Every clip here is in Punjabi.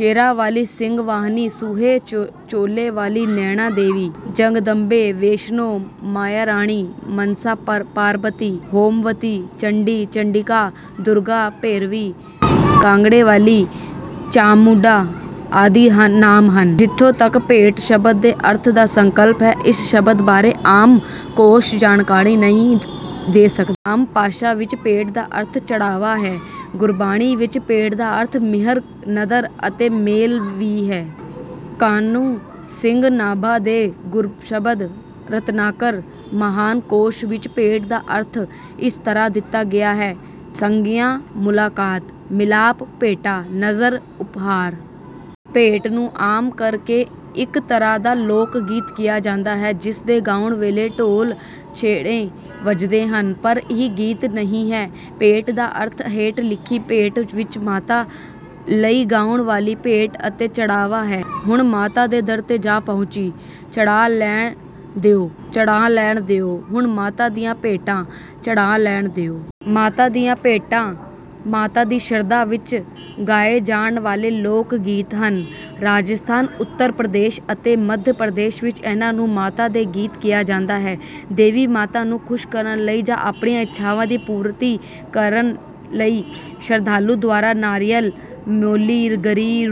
ਸ਼ੇਰਾਂ ਵਾਲ਼ੀ, ਸਿੰਘ ਵਾਹਨੀ, ਸੂਹੇ ਚੋਲੇ ਵਾਲ਼ੀ, ਨੈਣਾ ਦੇਵੀ, ਜਗਦੰਬੇ, ਵੈਸ਼ਨੋ, ਮਈਆ ਰਾਣੀ, ਮਨਸਾ, ਪਾਰਬਤੀ, ਹੋਮਵਤੀ, ਚੰਡੀ, ਚੰਡਿਕਾ, ਦੁਰਗਾ, ਭੈਰਵੀ, ਕਾਂਗੜੇ ਵਾਲ਼ੀ, ਚਾਮੁੰਡਾ ਆਦਿ ਨਾਮ ਹਨ। ਜਿੱਥੋਂ ਤੱਕ 'ਭੇਟ' ਸ਼ਬਦ ਦੇ ਅਰਥ ਦਾ ਸੰਕਲਪ ਹੈ, ਇਸ ਸ਼ਬਦ ਬਾਰੇ ਆਮ ਕੋਸ਼ ਜਾਣਕਾਰੀ ਨਹੀਂ ਦੇ ਸਕਦਾ। ਆਮ ਭਾਸ਼ਾ ਵਿੱਚ ਭੇਟ ਦਾ ਅਰਥ ਚੜ੍ਹਾਵਾ ਹੈ। ਗੁਰਬਾਣੀ ਵਿੱਚ ਭੇਟ ਦਾ ਅਰਥ ਮਿਹਰ, ਨਦਰ ਅਤੇ ਮੇਲ ਵੀ ਹੈ। ਕਾਨ੍ਹ ਸਿੰਘ ਨਾਭਾ ਦੇ ਗੁਰਸ਼ਬਦ ਰਤਨਾਕਰ ਮਹਾਨ ਕੋਸ਼ ਵਿੱਚ ਭੇਟ ਦਾ ਅਰਥ ਇਸ ਤਰ੍ਹਾਂ ਦਿੱਤਾ ਗਿਆ ਹੈ: ਸੰਗਿਆ- ਮੁਲਾਕਾਤ, ਮਿਲਾਪ, ਭੇਟਾ, ਨਜ਼ਰ, ਉਪਹਾਰ। ਭੇਟ ਨੂੰ ਆਮ ਕਰ ਕੇ ਇੱਕ ਤਰ੍ਹਾਂ ਦਾ ਲੋਕ ਗੀਤ ਕਿਹਾ ਜਾਂਦਾ ਹੈ, ਜਿਸ ਦੇ ਗਾਉਣ ਵੇਲੇ ਢੋਲ, ਛੈਣੇ ਵੱਜਦੇ ਹਨ, ਪਰ ਇਹ ਗੀਤ ਨਹੀਂ ਹੈ। ਭੇਟ ਦਾ ਅਰਥ ਹੇਠ ਲਿਖੀ ਭੇਟ ਵਿੱਚ ਮਾਤਾ ਲਈ ਗਾਉਣ ਵਾਲ਼ੀ ਭੇਟ ਅਤੇ ਚੜ੍ਹਾਵਾ ਹੈ: "ਹੁਣ ਮਾਤਾ ਦੇ ਦਰ ਤੇ ਜਾ ਪਹੁੰਚੀ, ਚੜ੍ਹਾ ਲੈਣ ਦਿਓ, ਚੜ੍ਹਾ ਲੈਣ ਦਿਓ, ਹੁਣ ਮਾਤਾ ਦੀਆਂ ਭੇਟਾਂ ਚੜ੍ਹਾ ਲੈਣ ਦਿਓ"। ਮਾਤਾ ਦੀਆਂ ਭੇਟਾਂ ਮਾਤਾ ਦੀ ਸ਼ਰਧਾ ਵਿੱਚ ਗਾਏ ਜਾਣ ਵਾਲ਼ੇ ਲੋਕ ਗੀਤ ਹਨ। ਰਾਜਸਥਾਨ, ਉੱਤਰ ਪ੍ਰਦੇਸ਼ ਅਤੇ ਮੱਧ ਪ੍ਰਦੇਸ਼ ਵਿੱਚ ਇਹਨਾਂ ਨੂੰ ਮਾਤਾ ਦੇ ਗੀਤ ਕਿਹਾ ਜਾਂਦਾ ਹੈ। ਦੇਵੀ ਮਾਤਾ ਨੂੰ ਖੁਸ਼ ਕਰਨ ਲਈ ਜਾਂ ਆਪਣੀਆਂ ਇੱਛਾਵਾਂ ਦੀ ਪੂਰਤੀ ਲਈ ਸ਼ਰਧਾਲੂ ਦੁਆਰਾ ਨਾਰੀਅਲ, ਮੌਲੀ, ਗਰੀ,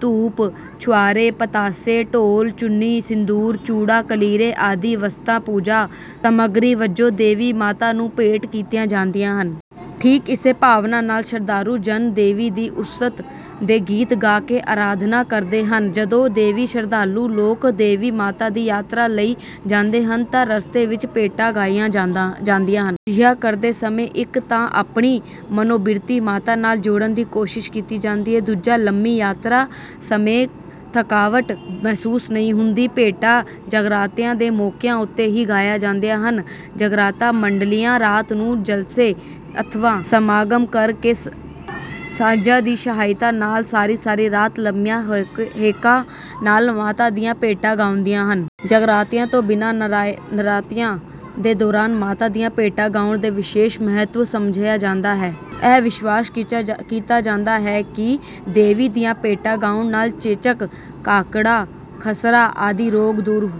ਧੂਪ, ਛੁਆਰੇ, ਪਤਾਸੇ, ਢੋਲ, ਚੁੰਨੀ, ਸਿੰਧੂਰ, ਚੂੜਾ, ਕਲੀਰੇ ਆਦਿ ਵਸਤਾਂ ਪੂਜਾ ਸਮੱਗਰੀ ਵਜੋਂ ਦੇਵੀ ਮਾਤਾ ਨੂੰ ਭੇਟ ਕੀਤੀਆਂ ਜਾਂਦੀਆਂ ਹਨ। ਠੀਕ ਇਸੇ ਭਾਵਨਾ ਨਾਲ ਸ਼ਰਧਾਲੂ ਜਨ ਦੇਵੀ ਦੀ ਉਸਤ ਦੇ ਗੀਤ ਗਾ ਕੇ ਅਰਾਧਨਾ ਕਰਦੇ ਹਨ। ਜਦੋਂ ਦੇਵੀ ਸ਼ਰਧਾਲੂ ਲੋਕ ਦੇਵੀ ਮਾਤਾ ਦੀ ਯਾਤਰਾ ਲਈ ਜਾਂਦੇ ਹਨ ਤਾਂ ਰਸਤੇ ਵਿੱਚ ਭੇਟਾਂ ਗਾਈਆਂ ਜਾਂਦੀਆਂ ਹਨ। ਅਜਿਹਾ ਕਰਦੇ ਸਮੇਂ ਇੱਕ ਤਾਂ ਆਪਣੀ ਮਨੋਬਿਰਤੀ ਮਾਤਾ ਨਾਲ ਜੋੜਨ ਦੀ ਕੋਸ਼ਿਸ਼ ਕੀਤੀ ਜਾਂਦੀ ਹੈ, ਦੂਜਾ ਲੰਮੀ ਯਾਤਰਾ ਸਮੇਂ ਥਕਾਵਟ ਮਹਿਸੂਸ ਨਹੀਂ ਹੁੰਦੀ। ਭੇਟਾਂ ਜਾਗਰਾਤਿਆਂ ਦੇ ਮੌਕਿਆਂ ਉੱਤੇ ਵੀ ਗਾਈਆਂ ਜਾਂਦੀਆਂ ਹਨ। ਜਾਗਰਾਤਾ ਮੰਡਲੀਆਂ ਰਾਤ ਨੂੰ ਜਲਸੇ ਅਥਵਾ ਸਮਾਗਮ ਕਰ ਕੇ ਸਾਜ਼ਾਂ ਦੀ ਸਹਾਇਤਾ ਨਾਲ ਸਾਰੀ-ਸਾਰੀ ਰਾਤ ਲੰਮੀਆਂ ਹੇਕਾਂ ਨਾਲ ਮਾਤਾ ਦੀਆਂ ਭੇਟਾਂ ਗਾਉਂਦੀਆਂ ਹਨ। ਜਾਗਰਾਤਿਆਂ ਤੋਂ ਬਿਨਾਂ ਨਰਾਤਿਆਂ ਦੇ ਦੌਰਾਨ ਮਾਤਾ ਦੀਆਂ ਭੇਟਾਂ ਗਾਉਣ ਦਾ ਵਿਸ਼ੇਸ਼ ਮਹੱਤਵ ਸਮਝਿਆ ਜਾਂਦਾ ਹੈ। ਇਹ ਵਿਸ਼ਵਾਸ ਕੀਤਾ ਜਾਂਦਾ ਹੈ ਕਿ ਦੇਵੀ ਦੀਆਂ ਭੇਟਾਂ ਗਾਉਣ ਨਾਲ ਚੇਚਕ, ਕਾਕੜਾ, ਖਸਰਾ ਆਦਿ ਰੋਗ ਦੂਰ